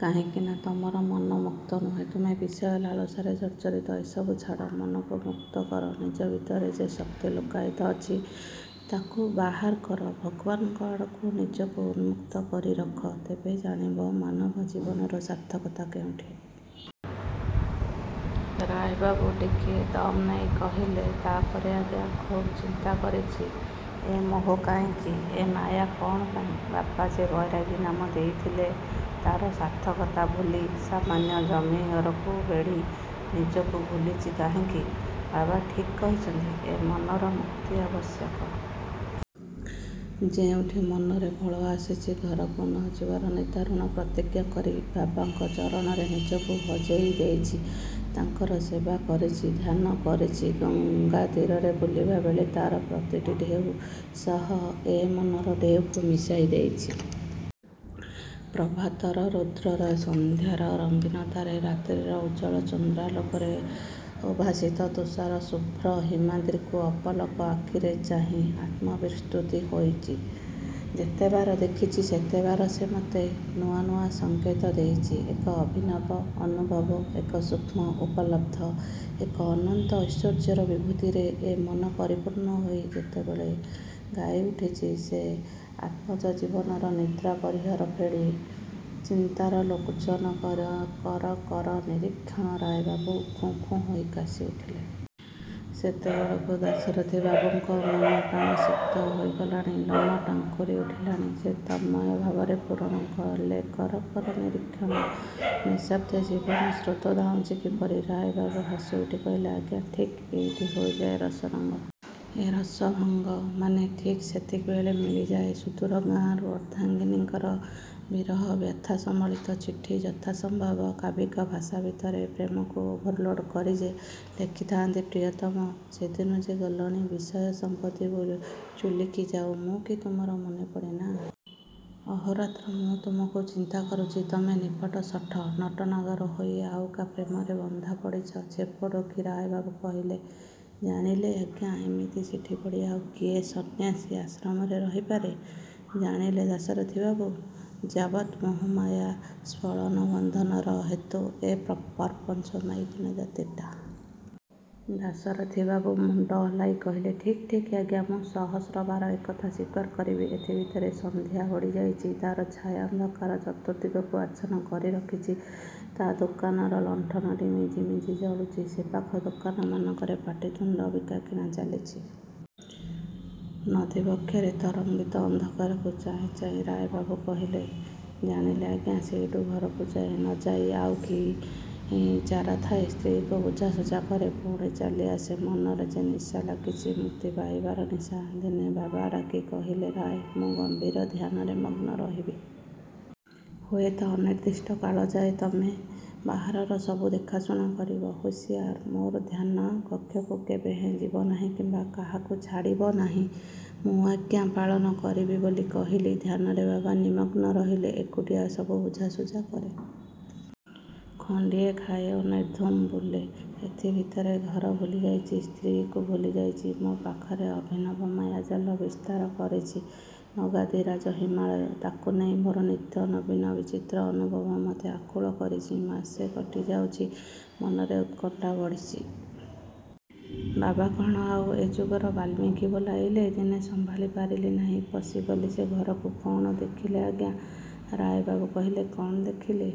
କାହିଁକି ନା ତମର ମନ ମୁକ୍ତ ନୁହେଁ, ତୁମେ ବିଷୟ ଲାଳସାରେ ଜର୍ଜରିତ। ଏସବୁ ଛାଡ଼, ମନକୁ ମୁକ୍ତ କର ନିଜ ଭିତରେ ଯେ ଶକ୍ତି ଲୁକକାୟିତ ଅଛି ତାକୁ ବାହାର କର। ଭଗବାନଙ୍କ ଆଡ଼କୁ ନିଜକୁ ଉନ୍ମୁକ୍ତ କରି ରଖ ତେବେ ଜାଣିବ ମାନବ ଜୀବନର ସାର୍ଥକତା କେଉଁଠି। ରାୟବାବୁ ଟିକିଏ ଦମ୍ ନେଇ କହିଲେ ତାପରେ ଆଜ୍ଞା ଖୁବ୍ ଚିନ୍ତା କରିଛି। ଏ ମୋହ କାହିଁକି? ଏ ମାୟା କଣ ପାଇଁ? ବାପା ଯେ ବୈରାଗୀ ନାମ ଦେଇଥିଲେ ତାର ସାର୍ଥକତା ଭୁଲି ସାମାନ୍ୟ ଜମି ଘରକୁ ବେଢ଼ି ନିଜକୁ ଭୁଲିଚି କାହିଁକି? ବାବା ଠିକ୍ କହିଛନ୍ତି ଏ ମନର ମୁକ୍ତି ଆବଶ୍ୟକ । ଯେଉଁଠି ମନରେ ଭଳ ଆସିଚି ଘରକୁ ନ ଯିବାର, ନିଦାରୁଣ ପ୍ରତିଜ୍ଞା କରି ବାବାଙ୍କ ଚରଣରେ ନିଜକୁ ହଜେଇ ଦେଇଚି। ତାଙ୍କର ସେବା କରିଛି, ଧ୍ୟାନ କରିଛି, ଗଙ୍ଗା ତୀରରେ ବୁଲିଲା ବେଳେ ତାର ପ୍ରତିଟି ଢ଼େଉ ସହ ଏ ମନର ଢ଼େଉକୁ ମିଶାଇ ଦେଇଚି। ପ୍ରଭାତର ରୌଦ୍ରରେ, ସନ୍ଧ୍ୟାର ରଙ୍ଗୀନତାରେ, ରାତ୍ରିର ଉଜ୍ଜଳ ଚନ୍ଦ୍ରାଲୋକରେ ଉଦ୍ଭାସିତ ତୁଷାର ଶୁଭ୍ର ହିମାଦ୍ରୀକୁ ଅପଲକ ଆଖିରେ ଚାହିଁ ଆତ୍ମବିସୃତ ହୋଇଚି। ଯେତେବାର ଦେଖିଚି ସେତେବାର ସେ ମତେ ନୂଆ ନୂଆ ସଙ୍କେତ ଦେଇଚି। ଏକ ଅଭିନବ, ଅନୁଭବ, ଏକ ସୂକ୍ଷ୍ମ ଉପଲବ୍ଧ, ଏକ ଅନନ୍ତ ଐଶ୍ୱର୍ଯ୍ୟର ବିଭୂତିରେ ଏ ମନ ପରିପୂର୍ଣ୍ଣ ହୋଇ ଯେତେବେଳେ ଗାଇ ଉଠିଚି ରେ ଆତ୍ମନ୍ଜ ଜୀବନର ନିଦ୍ରା ପରିହର ଫେଡ଼ି ଚିନ୍ତାର ଲୋଚନ କର କର ନିରୀକ୍ଷଣ ରାୟବାବୁ ଖୁଁ ଖୁଁ ହୋଇ କାଶି ଉଠିଲେ। ସେତେବେଳକୁ ଦାଶରଥିବାବୁଙ୍କ ମନ ପ୍ରାଣ ସିକ୍ତ ହୋଇଗଲାଣି, ଲୋମ ଟାଙ୍କୁରି ଉଠିଲାଣି। ସେ ତନ୍ମୟ ଭାବରେ ପୂରଣ କଲେ କର କର ନିରୀକ୍ଷଣ, ନିଃଶବ୍ଦେ ଜୀବନ ସ୍ରୋତ ଧାଉଁଚି କିପରି? ରାୟବାବୁ ହସି ଉଠି କହିଲେ ଆଜ୍ଞା ଠିକ୍ ଏଇଠି ହୋଇଯାଏ ରସ ଭଙ୍ଗ । ଏ ରସ ଭଙ୍ଗ? ମାନେ ଠିକ୍ ସେତିକିବେଳେ ମିଳିଯାଏ ସୁଦୂର ଗାଁରୁ ଅର୍ଦ୍ଧାଙ୍ଗୀନୀଙ୍କର ବିରହ ବ୍ୟଥା ସମ୍ବଳିତ ଚିଠି ଯଥା ସମ୍ଭବ କାବ୍ୟିକ ଭାଷା ଭିତରେ ପ୍ରେମକୁ ଓଭର ଲୋଡ଼ କରି ସେ ଲେଖିଥାନ୍ତି ପ୍ରିୟତମ, ସେ ଦିନୁ ଯେ ଗଲଣି ବିଷୟ ସମ୍ପତ୍ତି ଚୁଲିକୁ ଯାଉ, ମୁ କି ତୁମର ମନେପଡ଼େ ନା? ଅହୋରାତ୍ର ମୁଁ ତୁମକୁ ଚିନ୍ତା କରୁଚି ତମେ ନିପଟ ଶଠ, ନଟନାଗର ହୋଇ ଆଉ କା ପ୍ରେମରେ ବନ୍ଧା ପଡ଼ିଚ ଛେପ ଢୋକି ରାୟବାବୁ କହିଲେ, ଜାଣିଲେ ଆଜ୍ଞା ଏମିତି ଚିଠି ପଢ଼ି ଆଉ କିଏ ସନ୍ନ୍ୟାସୀ ଆଶ୍ରମରେ ରହିପାରେ। ଜାଣିଲେ ଦାଶରଥି ବାବୁ ଯାବତ ମୋହ ମାୟା, ସ୍ପଳନ, ବନ୍ଧନର ହେତୁ ଏ ପ୍ରପଞ୍ଚ ମାଇକିନା ଜାତିଟା। ଦାଶରଥି ବାବୁ ମୁଣ୍ଡ ହଲାଇ କହିଲେ ଠିକ୍ ଠିକ୍ ଆଜ୍ଞା। ମୁଁ ସହସ୍ର ବାର ଏକଥା ସ୍ଵୀକାର କରିବି। ଏଥି ଭିତରେ ସନ୍ଧ୍ୟା। ଗଡ଼ିଯାଇଚି। ତାର ଛାୟାନ୍ଧକାର ଚତୁର୍ଦ୍ଦିଗକୁ ଆଚ୍ଛନ୍ନ କରି ରଖିଚି। ଚା ଦୋକାନର ଲଣ୍ଠନଟି ମିଞ୍ଜି ମିଞ୍ଜି ଜଳୁଚି। ସେପାଖ ଦୋକାନମାନଙ୍କରେ ପାଟିତୁଣ୍ଡ, ବିକାକିଣା ଚାଲିଚି। ନଦୀ ବକ୍ଷର ତରଙ୍ଗିତ ଅନ୍ଧକାରକୁ ଚାହିଁ ଚାହିଁ ରାୟ ବାବୁ କହିଲେ ଯାଣିଲେ ଆଜ୍ଞା ସେଇଠୁ ଘରକୁ ଯାଏ, ନ ଯାଇ ଆଉକି ଚାରାଥାଏ। ସ୍ତ୍ରୀକୁ ବୁଝାଶୁଝା କରେ, ପୁଣି ଚାଲି ଆସେ। ମନରେ ଯେ ନିଶାଲାଗିଚି ମୁକ୍ତି ପାଇବାର ନିଶା। ଦିନେ ବାବା ଡାକି କହିଲେ ରାୟ ମୁଁ ଗଭୀର ଧ୍ୟାନରେ ମଗ୍ନ ରହିବି। ହୁଏତ ଅନିର୍ଦ୍ଦିଷ୍ଟ କାଳଯାଏ। ତମେ ବାହାରର ସବୁ ଦେଖାଶୁଣା କରିବ। ହୁସିଆର, ମୋର ଧ୍ୟାନ କକ୍ଷକୁ କେବେହେଁ ଯିବ ନାହିଁ କିମ୍ବା କାହାକୁ ଛାଡ଼ିବ ନାହିଁ। ମୁଁ ଆଜ୍ଞା ପାଳନ କରିବି ବୋଲି କହିଲି। ଧ୍ୟାନରେ ବାବା ନିମଗ୍ନ ରହିଲେ। ଏକୁଟିଆ ସବୁ ବୁଝାଶୁଝା କରେ। ଖଣ୍ଡିଏ ଖାଏ ଓ ନିର୍ଦ୍ଧୁମ ବୁଲେ। ଏଥି ଭିତରେ ଘର ଭୁଲିଯାଇଚି, ସ୍ତ୍ରୀକୁ ଭୁଲିଯାଇଚି। ମୋ ପାଖରେ ଅଭିନବ ମାୟାଜାଲ ବିସ୍ତାର କରିଚି ନଗାଧିରାଜ ହିମାଳୟ। ତାକୁ ନେଇ ମୋର ନିତ୍ୟ ନବୀନ ବିଚିତ୍ର ଅନୁଭବ ମତେ ଆକୁଳ କରିଚି। ମାସେ କଟି ଯାଇଚି, ମନରେ ଉତ୍କଣ୍ଠା ବଢ଼ିଚି। ବାବା କଣ ଆଉ ଏ ଯୁଗର ବାଲ୍ମୀକି ବୋଲାଇଲେ ଦିନେ ସମ୍ଭାଳି ରହିପାରିଲି ନାହିଁ, ପଶିଗଲି ସେ ଘରକୁ। କଣ ଦେଖିଲେ ଆଜ୍ଞା? ରାୟ ବାବୁ କହିଲେ, କଣ ଦେଖିଲି